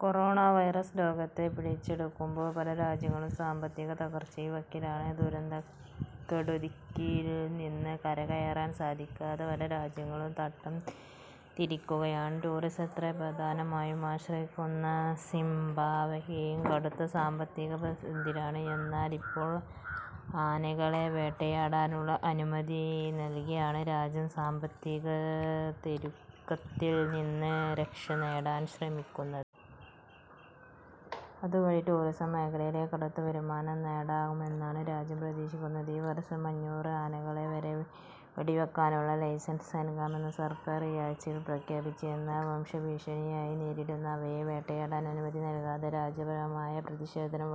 Corona virus ലോകത്തെ പിടിച്ചുലക്കുമ്പോൾ പല രാജ്യങ്ങളും സാമ്പത്തിക തകർച്ചയുടെ വക്കിലാണ്. ദുരിതക്കെടുതിയിൽ നിന്ന് കരകയറാൻ സാധിക്കാതെ പല രാജ്യങ്ങളും നട്ടംതിരിയുകയാണ്. ടൂറിസത്തെ പ്രധാനമായും ആശ്രയിച്ചിരുന്ന സിംബാബ്വെയും കടുത്ത സാമ്പത്തിക പ്രതിസന്ധിയിലാണ്. എന്നാൽ, ഇപ്പോൾ ആനകളെ വേട്ടയാടാനുള്ള അനുമതി നൽകിയാണ് രാജ്യം സാമ്പത്തിക ഞെരുക്കത്തിൽ നിന്ന് രക്ഷനേടാൻ ശ്രമിക്കുന്നത്. അതുവഴി ടൂറിസം മേഖലയിൽ കൂടുതൽ വരുമാനം നേടാനാകുമെന്നാണ് രാജ്യം പ്രതീക്ഷിക്കുന്നത്.ഈ വർഷം അഞ്ഞൂറ് ആനകളെ വരെ വെടിവയ്ക്കാനുള്ള ലൈസൻസ് നൽകുമെന്നാണ് സർക്കാർ ഈ ആഴ്ച പ്രഖ്യാപിച്ചത്. എന്നാൽ, വംശനാശഭീഷണി നേരിടുന്ന അവയെ വേട്ടയാടാൻ അനുമതി നൽകിയത് രാജ്യവ്യാപകമായ പ്രതിഷേധത്തിന്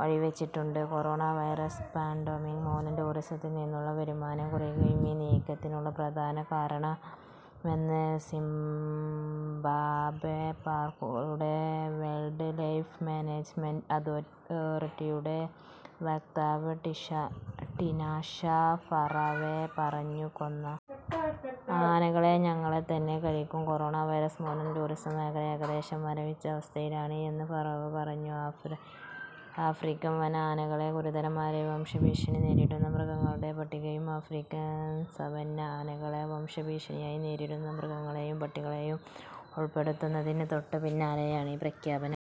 വഴിവച്ചിട്ടുണ്ട്. കൊറോണ വൈറസ് പാൻഡെമിക് മൂലം ടൂറിസത്തിൽ നിന്നുള്ള വരുമാനം കുറയുന്നതാണ് ഈ നീക്കത്തിനുള്ള പ്രധാന കാരണമെന്ന് സിംബാബ്വെ പാർക്കുകളുടെയും വൈൽഡ്‌ലൈഫ് മാനേജ്മെന്റ് അതോറിറ്റിയുടെയും വക്താവ് ടിനാഷെ ഫറാവോ പറഞ്ഞു. കൊന്ന ആനകളെ ഞങ്ങൾ തന്നെ കഴിക്കും. കൊറോണ വൈറസ് മൂലം ടൂറിസം മേഖല ഏകദേശം മരവിച്ച അവസ്ഥയിലാണ് എന്ന് ഫറാവോ പറഞ്ഞു. ആഫ്രിക്കൻ വന ആനകളെ ഗുരുതരമായ വംശനാശഭീഷണി നേരിടുന്ന മൃഗങ്ങളുടെ പട്ടികയിലും ആഫ്രിക്കൻ സവന്ന ആനകളെ വംശനാശഭീഷണി നേരിടുന്ന മൃഗങ്ങളുടെ പട്ടികയിലും ഉൾപ്പെടുത്തിയതിന് തൊട്ടുപിന്നാലെയാണ് ഈ പ്രഖ്യാപനം.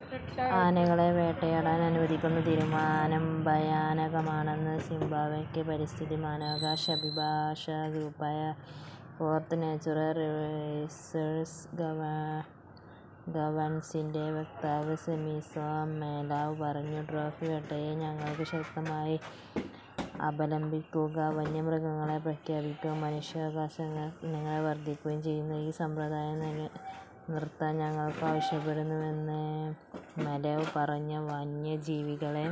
ആനകളെ വേട്ടയാടാൻ അനുവദിക്കുന്ന തീരുമാനം ഭയാനകമാണെന്ന് സിംബാബ്വെയിലെ പരിസ്ഥിതി മനുഷ്യാവകാശ അഭിഭാഷക ഗ്രൂപ്പായ ഫോർത്ത് നാച്ചുറൽ റിസോഴ്സ് ഗവേണൻസിന്റെ വക്താവ് സിമിസോ മെലേവ് പറഞ്ഞു. ട്രോഫി വേട്ടയെ ഞങ്ങൾ ശക്തമായി അപലപിക്കുന്നു. വന്യമൃഗങ്ങളെ പ്രകോപിപ്പിക്കുകയും മനുഷ്യ വന്യജീവി സംഘർഷങ്ങൾ വർധിപ്പിക്കുകയും ചെയ്യുന്ന ഈ സമ്പ്രദായം നിർത്താൻ ഞങ്ങൾ ആവശ്യപ്പെടുന്നു എന്ന് മെലേവ് പറഞ്ഞു. വന്യജീവികളെ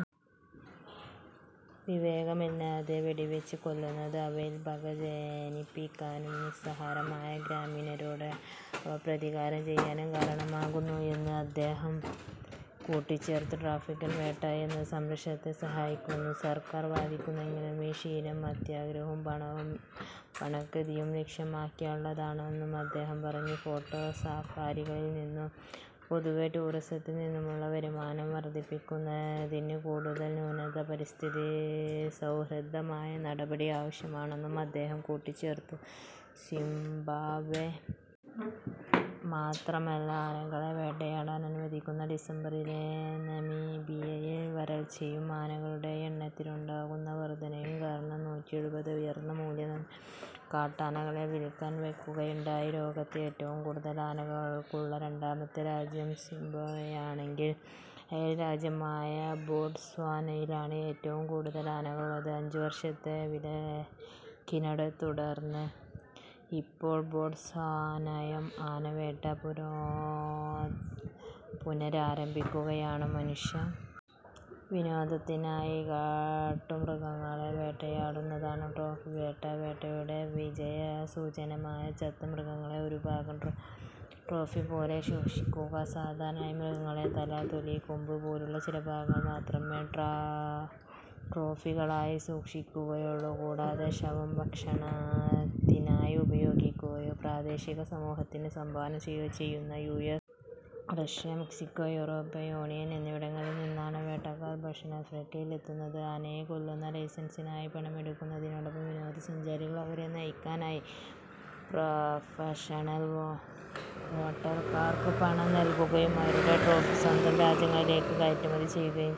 വിവേകമില്ലാതെ വെടിവച്ചുകൊല്ലുന്നത് അവയിൽ പക ജനിപ്പിക്കാനും നിസ്സഹായരായ ഗ്രാമീണരോട് അവ പ്രതികാരം ചെയ്യാനും കാരണമാകുന്നു എന്ന് അദ്ദേഹം കൂട്ടിച്ചേർത്തു. ട്രോഫി വേട്ട എന്നത് സംരക്ഷണത്തെ സഹായിക്കുന്നുവെന്നാണ് സർക്കാർ വാദിക്കുന്നതെങ്കിലും ഈ ശീലം അത്യാഗ്രഹവും പണക്കൊതിയും ലക്ഷ്യമാക്കിയുള്ളതാണെന്നും അദ്ദേഹം പറഞ്ഞു. ഫോട്ടോ സഫാരികളിൽ നിന്നും പൊതുവേ ടൂറിസത്തിൽ നിന്നുമുള്ള വരുമാനം വർധിപ്പിക്കുന്നതിന് കൂടുതൽ നൂതനവും പരിസ്ഥിതി സൗഹൃദവുമായ നടപടികൾ ആവശ്യമാണെന്നും അദ്ദേഹം കൂട്ടിച്ചേർത്തു. സിംബാബ്വെ മാത്രമല്ല ആനകളെ വേട്ടയാടാൻ അനുവദിക്കുന്നത്. ഡിസംബറിൽ നമീബിയയിൽ വരൾച്ചയും ആനകളുടെ എണ്ണത്തിലുണ്ടായ വർധനയും കാരണം നൂറ്റിയെഴുപത് ഉയർന്ന മൂല്യമുള്ള കാട്ടാനകളെ വിൽപ്പനയ്ക്ക് വയ്ക്കുകയുണ്ടായി. ലോകത്ത് ഏറ്റവും കൂടുതൽ ആനകളുള്ള രണ്ടാമത്തെ രാജ്യം സിംബാബ്വെയാണെങ്കിൽ അയൽരാജ്യമായ ബോട്സ്വാനയിലാണ് ഏറ്റവും കൂടുതൽ ആനകളുള്ളത്. അഞ്ചുവർഷത്തെ വിലക്കിനെത്തുടർന്ന് ഇപ്പോൾ ബോട്സ്വാനയും ആന വേട്ട പുനരാരംഭിക്കുകയാണ്. മനുഷ്യ വിനോദത്തിനായി കാട്ടുമൃഗങ്ങളെ വേട്ടയാടുന്നതാണ് ട്രോഫി വേട്ട. വേട്ടയുടെ വിജയസൂചകമായി ചത്ത മൃഗത്തിന്റെ ഒരു ഭാഗം ട്രോഫിപോലെ സൂക്ഷിച്ചുവയ്ക്കുന്നു. സാധാരണയായി മൃഗത്തിന്റെ തല, തൊലി, കൊമ്പുകൾ പോലുള്ള ചില ഭാഗങ്ങൾ മാത്രമേ ട്രോഫികളായി സൂക്ഷിക്കുകയുള്ളൂ. കൂടാതെ ശവം ഭക്ഷണത്തിനായി ഉപയോഗിക്കുകയോ പ്രാദേശിക സമൂഹത്തിന് സംഭാവന ചെയ്യുകയോ ചെയ്യുന്നു. US, Russia, Mexico, European Union എന്നിവിടങ്ങളിൽ നിന്നാണ് വേട്ടക്കാർ ദക്ഷിണാഫ്രിക്കയിൽ എത്തുന്നത്. ആനയെ കൊല്ലാനുള്ള ലൈസൻസിനായി പണമടയ്ക്കുന്നതിനൊപ്പം വിനോദസഞ്ചാരികൾ അവരെ നയിക്കാനായി പ്രൊഫഷണൽ വേട്ടക്കാർക്ക് പണം നൽകുകയും അവരുടെ ട്രോഫികൾ സ്വന്തം രാജ്യങ്ങളിലേക്ക് കയറ്റുമതി ചെയ്യുകയും ചെയ്യുന്നു.